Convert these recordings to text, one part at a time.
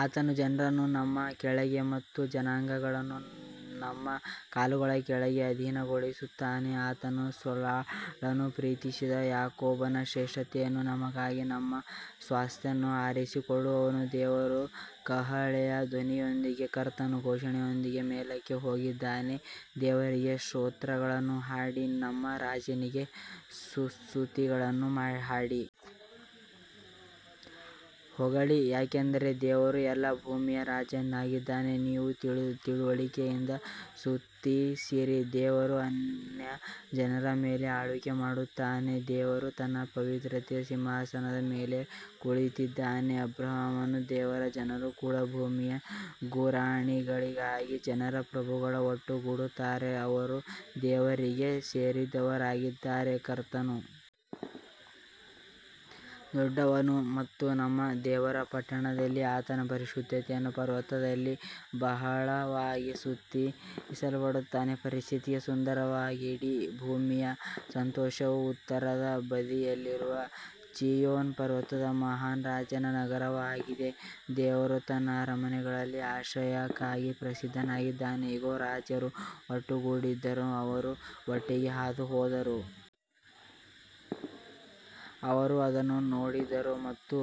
ಆತನು ಜನರನ್ನು ನಮ್ಮ ಕೆಳಗೆ ಮತ್ತು ಜನಾಂಗಗಳನ್ನು ನಮ್ಮ ಕಾಲುಗಳ ಕೆಳಗೆ ಅಧೀನಗೊಳಿಸುತ್ತಾನೆ ಆತನು ಸೇಲಾಳನ್ನು ಪ್ರೀತಿಸಿದ ಯಾಕೋಬನ ಶ್ರೇಷ್ಠತೆಯನ್ನು ನಮಗಾಗಿ ನಮ್ಮ ಸ್ವಾಸ್ತ್ಯವನ್ನು ಆರಿಸಿಕೊಳ್ಳುವನು ದೇವರು ಕಹಳೆಯ ಧ್ವನಿಯೊಂದಿಗೆ ಕರ್ತನು ಘೋಷಣೆಯೊಂದಿಗೆ ಮೇಲಕ್ಕೆ ಹೋಗಿದ್ದಾನೆ ದೇವರಿಗೆ ಸ್ತೋತ್ರಗಳನ್ನು ಹಾಡಿ ನಮ್ಮ ರಾಜನಿಗೆ ಸ್ತುತಿಗಳನ್ನು ಹಾಡಿ ಹೊಗಳಿ ಯಾಕಂದರೆ ದೇವರು ಎಲ್ಲಾ ಭೂಮಿಯ ರಾಜನಾಗಿದ್ದಾನೆ, ನೀವು ತಿಳುವಳಿಕೆಯಿಂದ ಸ್ತುತಿಸಿರಿ ದೇವರು ಅನ್ಯಜನರ ಮೇಲೆ ಆಳ್ವಿಕೆ ಮಾಡುತ್ತಾನೆ ದೇವರು ತನ್ನ ಪವಿತ್ರತೆಯ ಸಿಂಹಾಸನದ ಮೇಲೆ ಕುಳಿತಿದ್ದಾನೆ ಅಬ್ರಹಾಮನ ದೇವರ ಜನರು ಕೂಡ ಭೂಮಿಯ ಗುರಾಣಿಗಳಿಗಾಗಿ ಜನರ ಪ್ರಭುಗಳು ಒಟ್ಟುಗೂಡುತ್ತಾರೆ, ಅವರು ದೇವರಿಗೆ ಸೇರಿದವರಾಗಿದ್ದಾರೆ ಕರ್ತನು ದೊಡ್ಡವನು ಮತ್ತು ನಮ್ಮ ದೇವರ ಪಟ್ಟಣದಲ್ಲಿ ಆತನ ಪರಿಶುದ್ಧತೆಯ ಪರ್ವತದಲ್ಲಿ ಬಹಳವಾಗಿ ಸ್ತುತಿಸಲ್ಪಡುತ್ತಾನೆ ಪರಿಸ್ಥಿತಿಗೆ ಸುಂದರವಾಗಿದೆ ಇಡೀ ಭೂಮಿಯ ಸಂತೋಷವು ಉತ್ತರದ ಬದಿಯಲ್ಲಿರುವ ಚೀಯೋನ್ ಪರ್ವತವು ಮಹಾನ್ ರಾಜನ ನಗರವಾಗಿದೆ ದೇವರು ತನ್ನ ಅರಮನೆಗಳಲ್ಲಿ ಆಶ್ರಯಕ್ಕಾಗಿ ಪ್ರಸಿದ್ಧನಾಗಿದ್ದಾನೆ ಇಗೋ, ರಾಜರು ಒಟ್ಟುಗೂಡಿದರು, ಅವರು ಒಟ್ಟಿಗೆ ಹಾದುಹೋದರು ಅವರು ಅದನ್ನು ನೋಡಿದರು ಮತ್ತು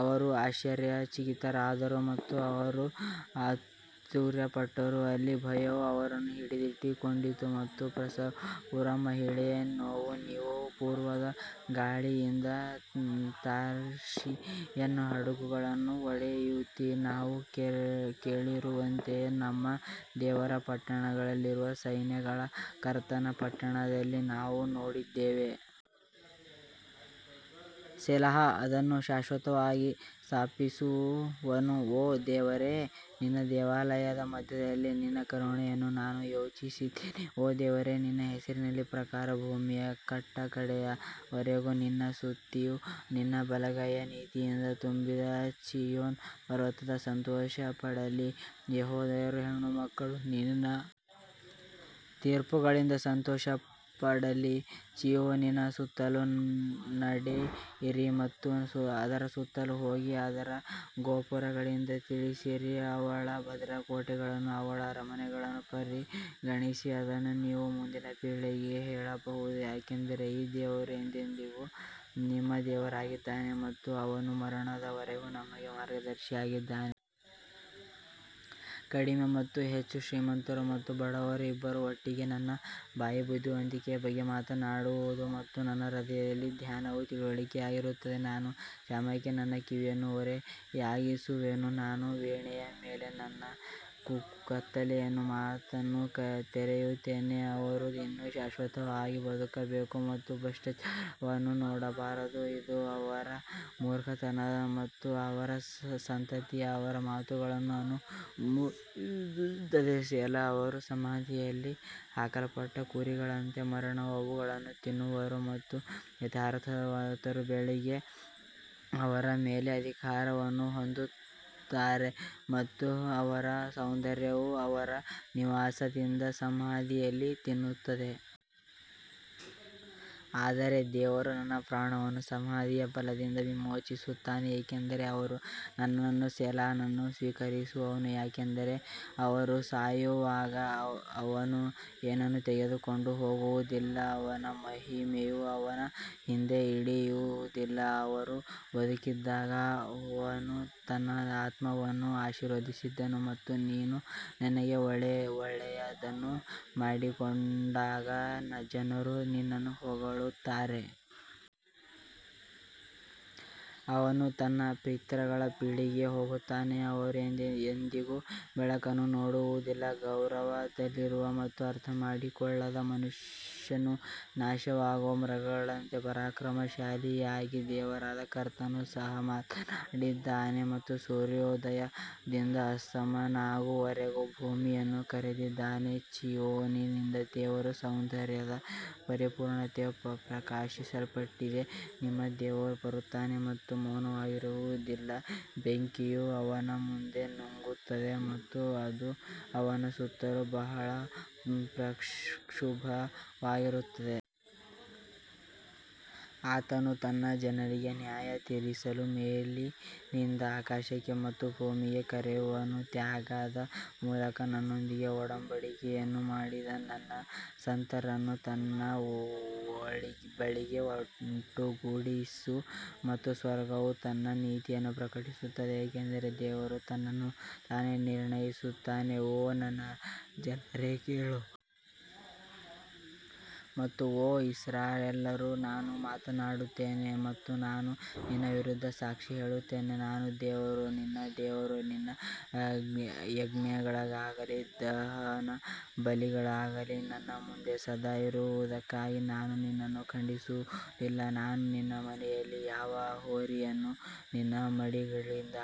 ಅವರು ಆಶ್ಚರ್ಯಚಕಿತರಾದರು ಮತ್ತು ಅವರು ಆತುರಪಟ್ಟರು ಅಲ್ಲಿ ಭಯವು ಅವರನ್ನು ಹಿಡಿದಿಟ್ಟುಕೊಂಡಿತು ಮತ್ತು ಪ್ರಸವಪೂರ್ವ ಮಹಿಳೆಯ ನೋವು ನೀನು ಪೂರ್ವದ ಗಾಳಿಯಿಂದ ತಾರ್ಷೀಷಿನ ಹಡಗುಗಳನ್ನು ಒಡೆಯುತ್ತೀ ನಾವು ಕೇಳಿರುವಂತೆಯೇ ನಮ್ಮ ದೇವರ ಪಟ್ಟಣದಲ್ಲಿರುವ ಸೈನ್ಯಗಳ ಕರ್ತನ ಪಟ್ಟಣದಲ್ಲಿ ನಾವು ನೋಡಿದ್ದೇವೆ ಸೆಲಾಹ್ ಅದನ್ನು ಶಾಶ್ವತವಾಗಿ ಸ್ಥಾಪಿಸುವನು ಓ ದೇವರೇ, ನಿನ್ನ ದೇವಾಲಯದ ಮಧ್ಯದಲ್ಲಿ ನಿನ್ನ ಕರುಣೆಯನ್ನು ನಾವು ಯೋಚಿಸಿದ್ದೇವೆ ಓ ದೇವರೇ ನಿನ್ನ ಹೆಸರಿನ ಪ್ರಕಾರ ಭೂಮಿಯ ಕಟ್ಟಕಡೆಯ ವರೆಗೂ ನಿನ್ನ ಸ್ತುತಿಯು ನಿನ್ನ ಬಲಗೈಯು ನೀತಿಯಿಂದ ತುಂಬಿದೆ ಚೀಯೋನ್ ಪರ್ವತವು ಸಂತೋಷಪಡಲಿ, ಯೆಹೂದದ ಹೆಣ್ಣುಮಕ್ಕಳು ನಿನ್ನ ತೀರ್ಪುಗಳಿಂದ ಸಂತೋಷಪಡಲಿ ಚೀಯೋನಿನ ಸುತ್ತಲೂ ನಡೆಯಿರಿ ಮತ್ತು ಅದರ ಸುತ್ತಲೂ ಹೋಗಿ ಅದರ ಗೋಪುರಗಳಿಗೆ ತಿಳಿಸಿರಿ ಅವಳ ಭದ್ರಕೋಟೆಗಳನ್ನು ಅವಳ ಅರಮನೆಗಳನ್ನು ಪರಿಗಣಿಸಿ, ಅದನ್ನು ನೀವು ಮುಂದಿನ ಪೀಳಿಗೆಗೆ ಹೇಳಬಹುದು ಯಾಕಂದರೆ ಈ ದೇವರು ಎಂದೆಂದಿಗೂ ನಮ್ಮ ದೇವರಾಗಿದ್ದಾನೆ ಮತ್ತು ಅವನು ಮರಣದವರೆಗೂ ನಮಗೆ ಮಾರ್ಗದರ್ಶಿಯಾಗಿದ್ದಾನೆ ಕಡಿಮೆ ಮತ್ತು ಹೆಚ್ಚು ಶ್ರೀಮಂತರು ಮತ್ತು ಬಡವರು ಇಬ್ಬರೂ ಒಟ್ಟಿಗೆ ನನ್ನ ಬಾಯಿ ಬುದ್ಧಿವಂತಿಕೆಯ ಬಗ್ಗೆ ಮಾತನಾಡುವದು ಮತ್ತು ನನ್ನ ಹೃದಯದ ಧ್ಯಾನವು ತಿಳುವಳಿಕೆಯಾಗಿರುತ್ತದೆ ನಾನು ಸಾಮ್ಯಕ್ಕೆ ನನ್ನ ಕಿವಿಯನ್ನು ಓರೆಯಾಗಿಸುವೆನು, ನಾನು ವೀಣೆಯ ಮೇಲೆ ನನ್ನ ಕತ್ತಲೆಯ ಮಾತನ್ನು ತೆರೆಯುತ್ತೇನೆ ಅವರು ಇನ್ನೂ ಶಾಶ್ವತವಾಗಿ ಬದುಕಬೇಕು ಮತ್ತು ಭ್ರಷ್ಟಾಚಾರವನ್ನು ನೋಡಬಾರದು ಇದು ಅವರ ಮೂರ್ಖತನ ಆದರೆ ಅವರ ಸಂತತಿಯು ಅವರ ಮಾತುಗಳನ್ನು ಅನುಮೋದಿಸುತ್ತದೆ ಸೆಲಾ ಅವರು ಸಮಾಧಿಯಲ್ಲಿ ಹಾಕಲ್ಪಟ್ಟ ಕುರಿಗಳಂತೆ ಮರಣವು ಅವುಗಳನ್ನು ತಿನ್ನುವರು ಮತ್ತು ಯಥಾರ್ಥವಂತರು ಬೆಳಿಗ್ಗೆ ಅವರ ಮೇಲೆ ಅಧಿಕಾರವನ್ನು ಹೊಂದುತ್ತಾರೆ ಮತ್ತು ಅವರ ಸೌಂದರ್ಯವು ಅವರ ನಿವಾಸದಿಂದ ಸಮಾಧಿಯಲ್ಲಿ ತಿನ್ನುತ್ತದೆ. ಆದರೆ ದೇವರು ನನ್ನ ಪ್ರಾಣವನ್ನು ಸಮಾಧಿಯ ಬಲದಿಂದ ವಿಮೋಚಿಸುತ್ತಾನೆ ಏಕೆಂದರೆ ಅವನು ನನ್ನನ್ನು ಸೆಲಾನನ್ನು ಸ್ವೀಕರಿಸುವನು ಯಾಕಂದರೆ ಅವನು ಸಾಯುವಾಗ ಅವನು ಏನನ್ನೂ ತೆಗೆದುಕೊಂಡು ಹೋಗುವುದಿಲ್ಲ, ಅವನ ಮಹಿಮೆಯು ಅವನ ಹಿಂದೆ ಇಳಿಯುವುದಿಲ್ಲ ಅವನು ಬದುಕಿದ್ದಾಗ ಅವನು ತನ್ನ ಆತ್ಮವನ್ನು ಆಶೀರ್ವದಿಸಿದನು ಮತ್ತು ನೀನು ನಿನಗೆ ಒಳ್ಳೆಯದನ್ನು ಮಾಡಿಕೊಂಡಾಗ ಜನರು ನಿನ್ನನ್ನು ಹೊಗಳುತ್ತಾರೆ. ಅವನು ತನ್ನ ಪಿತೃಗಳ ಪೀಳಿಗೆಗೆ ಹೋಗುತ್ತಾನೆ, ಅವರು ಎಂದಿಗೂ ಬೆಳಕನ್ನು ನೋಡುವುದಿಲ್ಲ ಗೌರವದಲ್ಲಿರುವ ಮತ್ತು ಅರ್ಥಮಾಡಿಕೊಳ್ಳದ ಮನುಷ್ಯನು ನಾಶವಾಗುವ ಮೃಗಗಳಂತೆ ಪರಾಕ್ರಮಶಾಲಿಯಾದ ದೇವರಾದ ಕರ್ತನು ಸಹ ಮಾತನಾಡಿದ್ದಾನೆ ಮತ್ತು ಸೂರ್ಯೋದಯದಿಂದ ಅಸ್ತಮಾನದವರೆಗೆ ಭೂಮಿಯನ್ನು ಕರೆದಿದ್ದಾನೆ ಚೀಯೋನಿನಿಂದ ದೇವರು ಸೌಂದರ್ಯದ ಪರಿಪೂರ್ಣತೆಯು ಪ್ರಕಾಶಿಸಲ್ಪಟ್ಟಿದೆ ನಮ್ಮ ದೇವರು ಬರುತ್ತಾನೆ ಮತ್ತು ಮೌನವಾಗಿರುವುದಿಲ್ಲ, ಬೆಂಕಿಯು ಅವನ ಮುಂದೆ ನುಂಗುತ್ತದೆ ಮತ್ತು ಅದು ಅವನ ಸುತ್ತಲೂ ಬಹಳ ಪ್ರಕ್ಷುಬ್ಧವಾಗಿರುತ್ತದೆ. ಆತನು ತನ್ನ ಜನರಿಗೆ ನ್ಯಾಯತೀರಿಸಲು ಮೇಲಿನಿಂದ ಆಕಾಶಕ್ಕೆ ಮತ್ತು ಭೂಮಿಗೆ ಕರೆಯುವನು ತ್ಯಾಗದ ಮೂಲಕ ನನ್ನೊಂದಿಗೆ ಒಡಂಬಡಿಕೆಯನ್ನು ಮಾಡಿದ ನನ್ನ ಸಂತರನ್ನು ನನ್ನ ಬಳಿಗೆ ಒಟ್ಟುಗೂಡಿಸು ಮತ್ತು ಸ್ವರ್ಗವು ತನ್ನ ನೀತಿಯನ್ನು ಪ್ರಕಟಿಸುತ್ತದೆ ಏಕೆಂದರೆ ದೇವರು ತನ್ನನ್ನು ತಾನೇ ನಿರ್ಣಯಿಸುತ್ತಾನೆ. ಓ ನನ್ನ ಜನರೇ ಕೇಳು ಮತ್ತು ಓ ಇಸ್ರಾಯೇಲ್ಯರೇ ನಾನು ಮಾತನಾಡುತ್ತೇನೆ ಮತ್ತು ನಾನು ನಿನ್ನ ವಿರುದ್ಧ ಸಾಕ್ಷಿ ಹೇಳುತ್ತೇನೆ ನಾನು ದೇವರು ನಿನ್ನ ದೇವರು ನಿನ್ನ ಯಜ್ಞಗಳಾಗಲಿ ದಹನಬಲಿಗಳಾಗಲಿ ನನ್ನ ಮುಂದೆ ಸದಾ ಇರುವದಕ್ಕಾಗಿ ನಾನು ನಿನ್ನನ್ನು ಖಂಡಿಸುವುದಿಲ್ಲ ನಾನು ನಿನ್ನ ಮನೆಯಿಂದ ಯಾವ ಹೋರಿಯನ್ನೂ ನಿನ್ನ ಮಡಿಗಳಿಂದ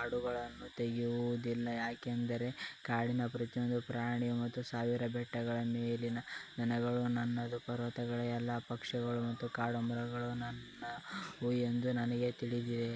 ಆಡುಗಳನ್ನೂ ತೆಗೆಯುವುದಿಲ್ಲ ಯಾಕಂದರೆ ಕಾಡಿನ ಪ್ರತಿಯೊಂದು ಪ್ರಾಣಿ ಮತ್ತು ಸಾವಿರ ಬೆಟ್ಟಗಳ ಮೇಲಿನ ದನಗಳು ನನ್ನದು ಪರ್ವತಗಳ ಎಲ್ಲಾ ಪಕ್ಷಿಗಳು ಮತ್ತು ಕಾಡು ಮೃಗಗಳು ನನ್ನವು ಎಂದು ನನಗೆ ತಿಳಿದಿದೆ.